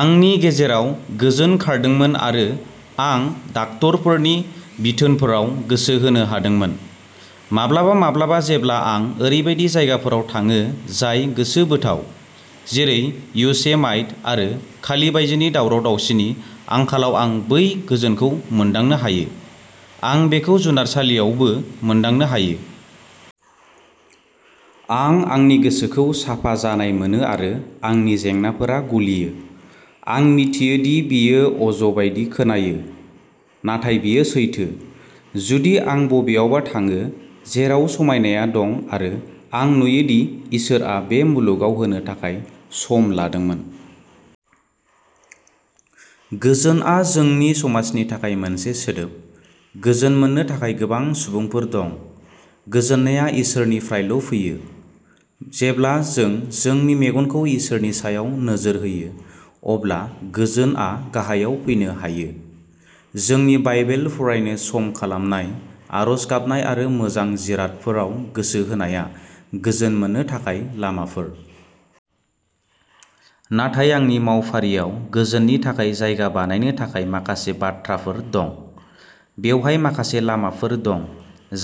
आंनि गेजेराव गोजोन खारदोंमोन आरो आं डाक्ट'रफोरनि बिथोनफोराव गोसो होनो हादोंमोन। माब्लाबा माब्लाबा जेब्ला आं ओरैबायदि जायगाफोराव थाङो जाय गोसोबोथाव। जेरै य'सेमाइट आरो खालि बायजोनि दावराव-दावसिनि आंखालाव आं बै गोजोनखौ मोनदांनो हायो। आं बेखौ जुनारसालियावबो मोनदांनो हायो। आं आंनि गोसोखौ साफा जानाय मोनो आरो आंनि जेंनाफोरा गलियो। आं मिथियो दि बेयो अज बायदि खोनायो, नाथाय बेयो सैथो। जुदि आं बबेयावबा थाङो, जेराव समायनाया दं आरो आं नुयो दि इसोरआ बे मुलुगाव होनो थाखाय सम लादोंमोन। गोजोनआ जोंनि समाजनि थाखाय मोनसे सोदोब, गोजोन मोननो थाखाय गोबां सुबुंफोर दं। गोजोननाया इसोरनिफ्रायल'फैयो। जेब्ला जों जोंनि मेगनखौ इसोरनि सायाव नोजोर होयो, अब्ला गोजोनआ गाहायाव फैनो हायो। जोंनि बाइबेल फरायनो सम खालामनाय, आरज गाबनाय आरो मोजां जिरादफोराव गोसो होनाया गोजोन मोननो थाखाय लामाफोर। नाथाय आंनि मावफारियाव गोजोननि थाखाय जायगा बानायनो थाखाय माखासे बाथ्राफोर दं। बेवहाय माखासे लामाफोर दं,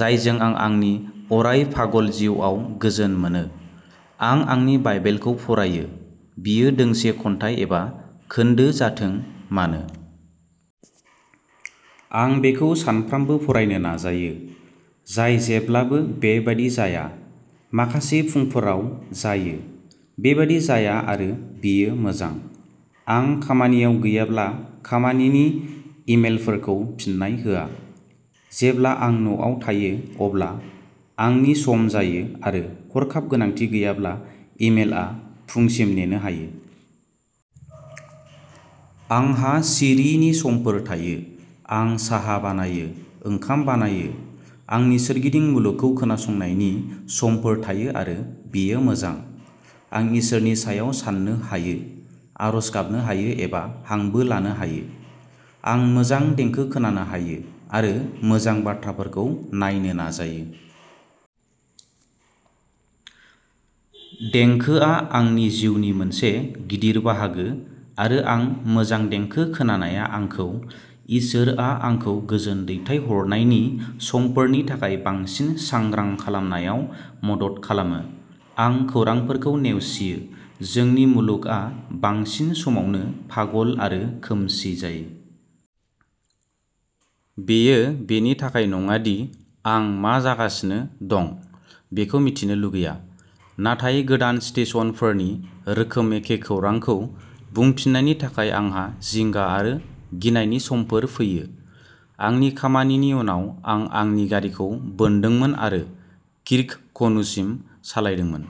जायजों आं आंनि अराय पागल जिउआव गोजोन मोनो। आं आंनि बाइबेलखौ फरायो। बियो दोंसे खन्थाइ एबा खोन्दो जाथों मानो। आं बेखौ सानफ्रोमबो फरायनो नाजायो। जाय जेब्लाबो बेबादि जाया। माखासे फुंफोराव जायो। बेबादि जाया आरो बेयो मोजां। आं खामानियाव गैयाब्ला खामानिनि इमेलफोरखौ फिननाय होआ। जेब्ला आं न'आव थायो अब्ला आंनि सम जायो आरो हरखाब गोनांथि गैयाब्ला इमेलआ फुंसिम नेनो हायो। आंहा सिरिनि समफोर थायो। आं साहा बानायो, ओंखाम बानायो। आंनि सोरगिदिं मुलुगखौ खोनासंनायनि समफोर थायो आरो बेयो मोजां। आं इसोरनि सायाव साननो हायो, आरज गाबनो हायो एबा हांबो लानो हायो। आं मोजां देंखो खोनानो हायो आरो मोजां बाथ्राफोरखौ नायनो नाजायो। देंखोआ आंनि जिउनि मोनसे गिदिर बाहागो आरो आं मोजां देंखो खोनानाया आंखौ इसोरआ आंखौ गोजोन दैथाय हरनायनि समफोरनि थाखाय बांसिन सांग्रां खालामनायाव मदद खालामो। आं खौरांफोरखौ नेवसियो। जोंनि मुलुगआ बांसिन समावनो पागल आरो खोमसि जायो। बेयो बेनि थाखाय नङा दि आं मा जागासिनो दं बेखौ मिथिनो लुगैया। नाथाय गोदान स्टेशनफोरनि रोखोम एखे खौरांखौ बुंफिननायनि थाखाय आंहा जिंगा आरो गिनायनि समफोर फैयो। आंनि खामानिनि उनाव, आं आंनि गारिखौ बोनदोंमोन आरो किर्कक'नुमिसिम सालायदोंमोन।